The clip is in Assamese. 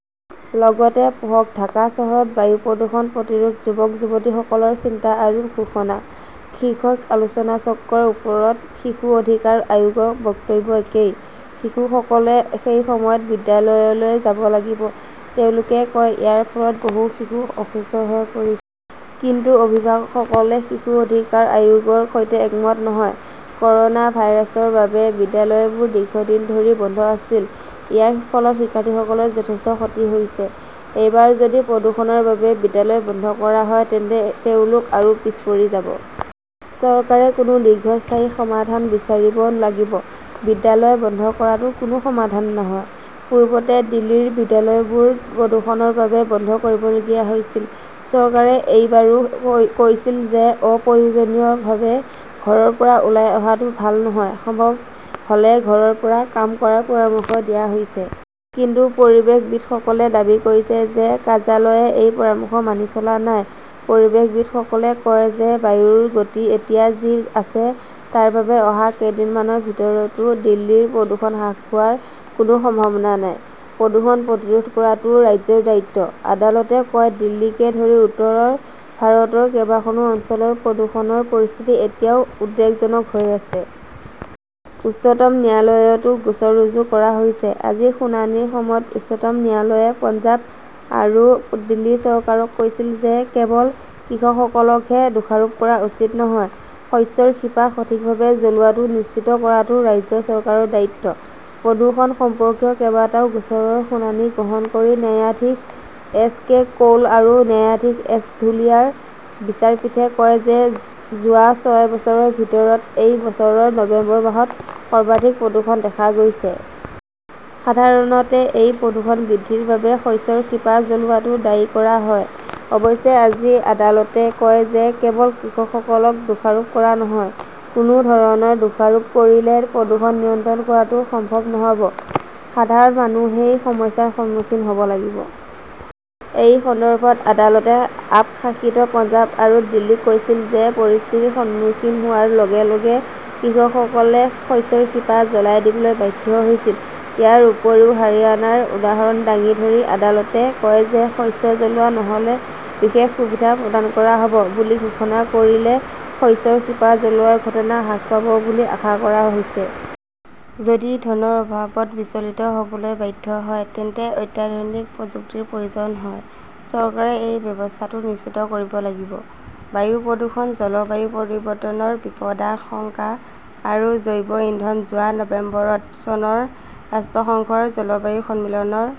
"লগতে পঢ়কঃ 'ঢাকা চহৰত বায়ু প্ৰদূষণ প্ৰতিৰোধ, যুৱক-যুৱতীসকলৰ চিন্তা আৰু ঘোষণা" শীৰ্ষক আলোচনাচক্ৰৰ ওপৰত শিশু অধিকাৰ আয়োগৰ বক্তব্য একেই। "শিশুসকলে সেই সময়ত বিদ্যালয়লৈ যাব লাগিব", তেওঁলোকে কয়। ইয়াৰ ফলত বহু শিশু অসুস্থ হৈ পৰিছে। "কিন্তু অভিভাৱকসকলে শিশু অধিকাৰ আয়োগৰ সৈতে একমত নহয়। "ক" ৰ "না ভাইৰাছৰ বাবে বিদ্যালয়বোৰ দীৰ্ঘদিন ধৰি বন্ধ আছিল। ইয়াৰ ফলত শিক্ষাৰ্থীসকলৰ যথেষ্ট ক্ষতি হৈছে। এইবাৰ যদি প্ৰদূষণৰ বাবে বিদ্যালয় বন্ধ কৰা হয় তেন্তে তেওঁলোক আৰু পিছ পৰি থাকিব। চৰকাৰে কোনো দীৰ্ঘস্থায়ী সমাধান বিচাৰিব লাগিব। বিদ্যালয় বন্ধ কৰাটো কোনো সমাধান নহয়। "পূৰ্বতে দিল্লীৰ বিদ্যালয়বোৰ প্ৰদূষণৰ বাবে বন্ধ কৰিবলগীয়া হৈছিল। চৰকাৰে এইবাৰো কৈছিল যে অপ্ৰয়োজনীয়ভাৱে ঘৰৰ পৰা ওলাই অহাটো ভাল নহয়। সম্ভৱ হ "লে ঘৰৰ পৰা কাম কৰাৰ পৰামৰ্শ দিয়া হৈছে। কিন্তু পৰিৱেশবিদসকলে দাবী কৰিছে যে কাৰ্যালয়ে এই পৰামৰ্শ মানি চলা নাই। পৰিৱেশবিদসকলে কয় যে বায়ুৰ গতি এতিয়া যি আছে তাৰ বাবে অহা কেইদিনমানৰ ভিতৰতো দিল্লীৰ প্ৰদূষণ হ্ৰাস হোৱাৰ কোনো সম্ভাৱনা নাই। প্ৰদূষণ প্ৰতিৰোধ কৰাটোও ৰাজ্যৰ দায়িত্ব, আদালতে কয় দিল্লীকে ধৰি উত্তৰ ভাৰতৰ কেইবাখনো অঞ্চলৰ প্ৰদূষণৰ পৰিস্থিতি এতিয়াও উদ্বেগজনক হৈ আছে। উচ্চতম ন্যায়ালয়তো গোচৰ ৰুজু কৰা হৈছে। আজি শুনানিৰ সময়ত উচ্চতম ন্যায়ালয়ে পঞ্জাৱ আৰু দিল্লী চৰকাৰক কৈছিল যে কেৱল কৃষকসকলকহে দোষাৰোপ কৰা উচিত নহয়। শস্যৰ শিপা সঠিকভাৱে জ্বলোৱাটো নিশ্চিত কৰাটো ৰাজ্য চৰকাৰৰ দায়িত্ব। প্ৰদূষণ সম্পৰ্কীয় কেইবাটাও গোচৰৰ শুনানি গ্ৰহণ কৰি ন্যায়াধীশ এছ কে কৌল আৰু ন্যায়াধীশ এছ ধুলিয়াৰ বিচাৰপীঠে কয় যে যোৱা ছয় বছৰৰ ভিতৰত এই বছৰৰ নৱেম্বৰ মাহত সৰ্বাধিক প্ৰদূষণ দেখা গৈছে। সাধাৰণতে এই প্ৰদূষণ বৃদ্ধিৰ বাবে শস্যৰ শিপা জ্বলোৱাটো দায়ী কৰা হয়। অৱশ্যে আজি আদালতে কয় যে কেৱল কৃষকসকলক দোষাৰোপ কৰাই নহয়। কোনো ধৰণৰ দোষাৰোপ কৰিলে প্ৰদূষণ নিয়ন্ত্ৰণ কৰাটো সম্ভৱ নহ "ব। সাধাৰণ মানুহেই সমস্যাৰ সন্মুখীন হ "ব লাগিব। এই সন্দৰ্ভত আদালতে আপ শাসিত পঞ্জাৱ আৰু দিল্লীক কৈছিল যে পৰিস্থিতিৰ সন্মুখীন হোৱাৰ লগে লগে কৃষকসকলে শস্যৰ শিপা জ্বলাই দিবলৈ বাধ্য হৈছিল। ইয়াৰ উপৰিও, হাৰিয়ানাৰ উদাহৰণ দাঙি ধৰি আদালতে কয় যে শস্য জ্বলোৱা নহ "লে বিশেষ সুবিধা প্ৰদান কৰা হ" ব বুলি ঘোষণা কৰিলে শস্যৰ শিপা জ্বলোৱাৰ ঘটনা হ্ৰাস পাব বুলি আশা কৰা হৈছে। যদি ধনৰ অভাৱত বিচলিত হ "বলৈ বাধ্য হয় তেন্তে অত্যাধুনিক প্ৰযুক্তিৰ প্ৰয়োজন হয়। চৰকাৰে এই ব্যৱস্থাটো নিশ্চিত কৰিব লাগিব। বায়ু প্ৰদূষণ, জলবায়ু পৰিৱৰ্তনৰ বিপদাশংকা আৰু জৈৱ ইন্ধন যোৱা নৱেম্বৰত চনৰ ৰাষ্ট্ৰসংঘৰ জলবায়ু সন্মিলনৰ